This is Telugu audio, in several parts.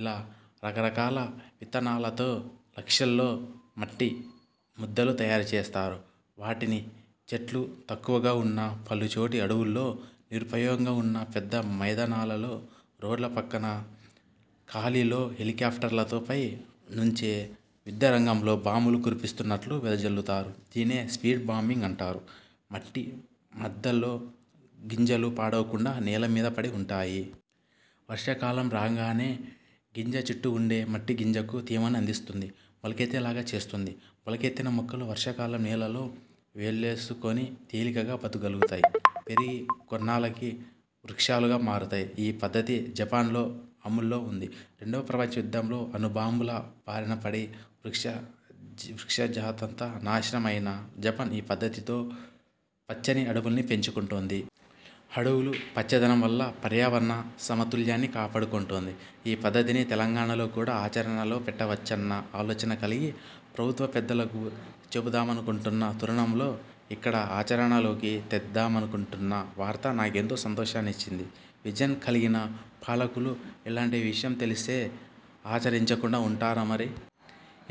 ఇలా రకరకాల విత్తనాలతో లక్షల్లో మట్టి ముద్దలు తయారుచేస్తారు. వాటిని చెట్లు తక్కువగా వున్న పలుచటి అడవుల్లో, నిరుపయోగంగా వున్న పెద్ద మైదానాల్లో, రోడ్ల పక్కన ఖాళీల్లో హెలికాఫ్టర్లతో పైనుంచే యుద్ధరంగంలో బాంబులు కురిపిస్తున్నట్లు వెదజల్లుతారు. దీన్నే 'సీడ్ బాంబింగ్' అంటారు. మట్టి ముద్దల్లో గింజలు పాడవకుండా నేలమీద పడి వుంటాయి. వర్షాకాలం రాంగానే గింజ చుట్టూ వుండే మట్టి గింజకు తేమని అందిస్తుంది. మొలకెత్తే లాగా చేస్తుంది. మొలకెత్తిన మొక్కలు వర్షాకాలం నేలలో వేళ్ళూనుకొని తేలికగా బ్రతుకగలుగుతాయి. పెరిగి కొన్నేళ్ళకి వృక్షాలుగా మారుతాయి. ఈ పద్ధతి జపాన్లో అమల్లో వుంది. రెండవ ప్రపంచ యుద్ధంలో అణుబాంబుల బారినపడి వృక్షజాతంతా నాశనం అయిన జపాన్ ఈ పద్ధతితో పచ్చని అడవుల్ని పెంచుకుంటోంది. అడవులూ, పచ్చదనం వల్ల పర్యావరణ సమతుల్యాన్ని కాపాడుకుంటోంది. ఈ పద్ధతిని తెలంగాణలో కూడా ఆచరణలో పెట్టవచ్చన్న ఆలోచన కలిగి, ప్రభుత్వ పెద్దలకు చెబుదామనుకుంటున్న తరుణంలో, ఇక్కడా ఆచరణలోకి తెద్దామనుకుంటున్న వార్త నాకెంతో సంతోషాన్నిచ్చింది. విజన్ కలిగిన పాలకులు ఇలాంటి విషయం తెలిస్తే ఆచరించకుండా ఉంటారా మరి!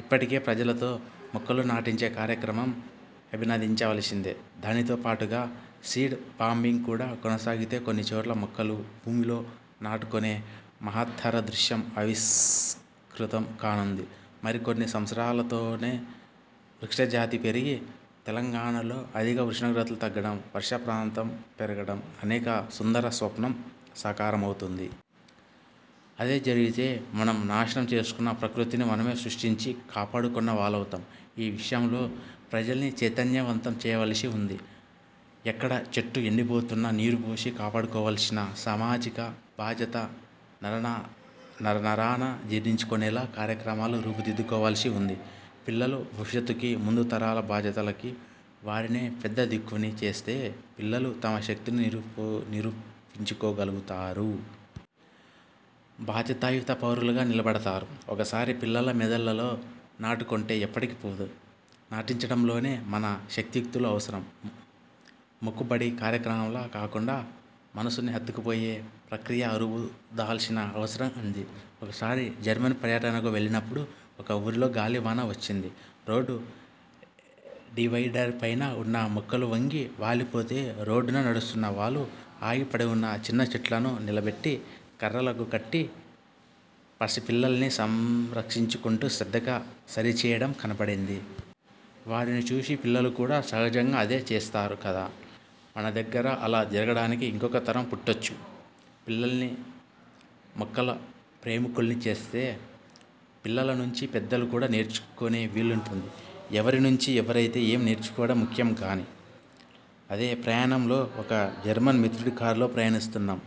ఇప్పటికే ప్రజలతో మొక్కలు నాటించే కార్యక్రమం అభినందించవలసిందే. దానితో పాటుగా సీడ్ బాంబింగ్ కూడా కొనసాగితే కొన్ని కోట్ల మొక్కలు భూమిలో నాటుకొనే మహత్తర దృశ్యం ఆవిష్కృతం కానుంది. మరికొన్ని సంవత్సరాలతోనే వృక్షజాతి పెరిగి, తెలంగాణలో అధిక ఉష్ణోగ్రతలు తగ్గడం, వర్షపాతం పెరగడం అనే సుందర స్వప్నం సాకారమవుతుంది. అదే జరిగితే మనం నాశనం చేసుకొన్న ప్రకృతిని మనమే సృష్టించి కాపాడుకొన్న వాళ్ళమవుతాం. ఈ విషయంలో ప్రజల్ని చైతన్యవంతం చెయ్యాల్సి వుంది. ఎక్కడ చెట్టు ఎండిపోతున్నా నీరుపోసి కాపాడుకోవాల్సిన సామాజిక బాధ్యత నరనరానా జీర్ణించుకొనేలా కార్యక్రమాలు రూపుదిద్దుకోవాల్సి వుంది. పిల్లల భవిష్యత్తుకీ, ముందుతరాల బాధ్యతకీ వారినే పెద్ద దిక్కుని చేస్తే పిల్లలు తమ శక్తిని నిరూపించుకోగలుగుతారు. బాధ్యతాయుత పౌరులుగా నిలబడతారు. ఒక్కసారి పిల్లల మెదళ్ళలో నాటుకొంటే ఎప్పటికీ పోదు. నాటించడంలోనే మన శక్తియుక్తులు అవసరం. మొక్కుబడి కార్యక్రమంలా కాకుండా మనసుకి హత్తుకొనే ప్రక్రియలా రూపుదిద్దాల్సిన అవసరం వుంది. ఒకసారి జర్మనీ పర్యటనకు వెళ్ళినప్పుడు ఒక ఊరిలో గాలివాన వచ్చింది. రోడ్డు డివైడర్ పైన వున్న మొక్కలు వంగి వాలిపోతే రోడ్డున నడుస్తున్న వాళ్ళు ఆగి పడిఉన్న చిన్న చెట్లను నిలబెట్టి కర్రలకు కట్టి పసిపిల్లల్ని సంరక్షించినట్టు శ్రద్ధగా సరిచెయ్యడం కనపడింది. వారిని చూసి పిల్లలు కూడా సహజంగా అదే చేస్తారు కదా. మనదగ్గర అలా జరగడానికి ఇంకొక తరం పట్టొచ్చు పిల్లల్ని మొక్కల ప్రేమికుల్ని చేస్తే! పిల్లల నుంచీ పెద్దలు కూడా నేర్చుకొనే వీలుంటుంది. ఎవరి నుంచి ఎవరయితే ఏం నేర్చుకోవడం ముఖ్యంగానీ. అదే ప్రయాణంలో ఒక జర్మన్ మిత్రుడి కారులో ప్రయాణిస్తున్నాం.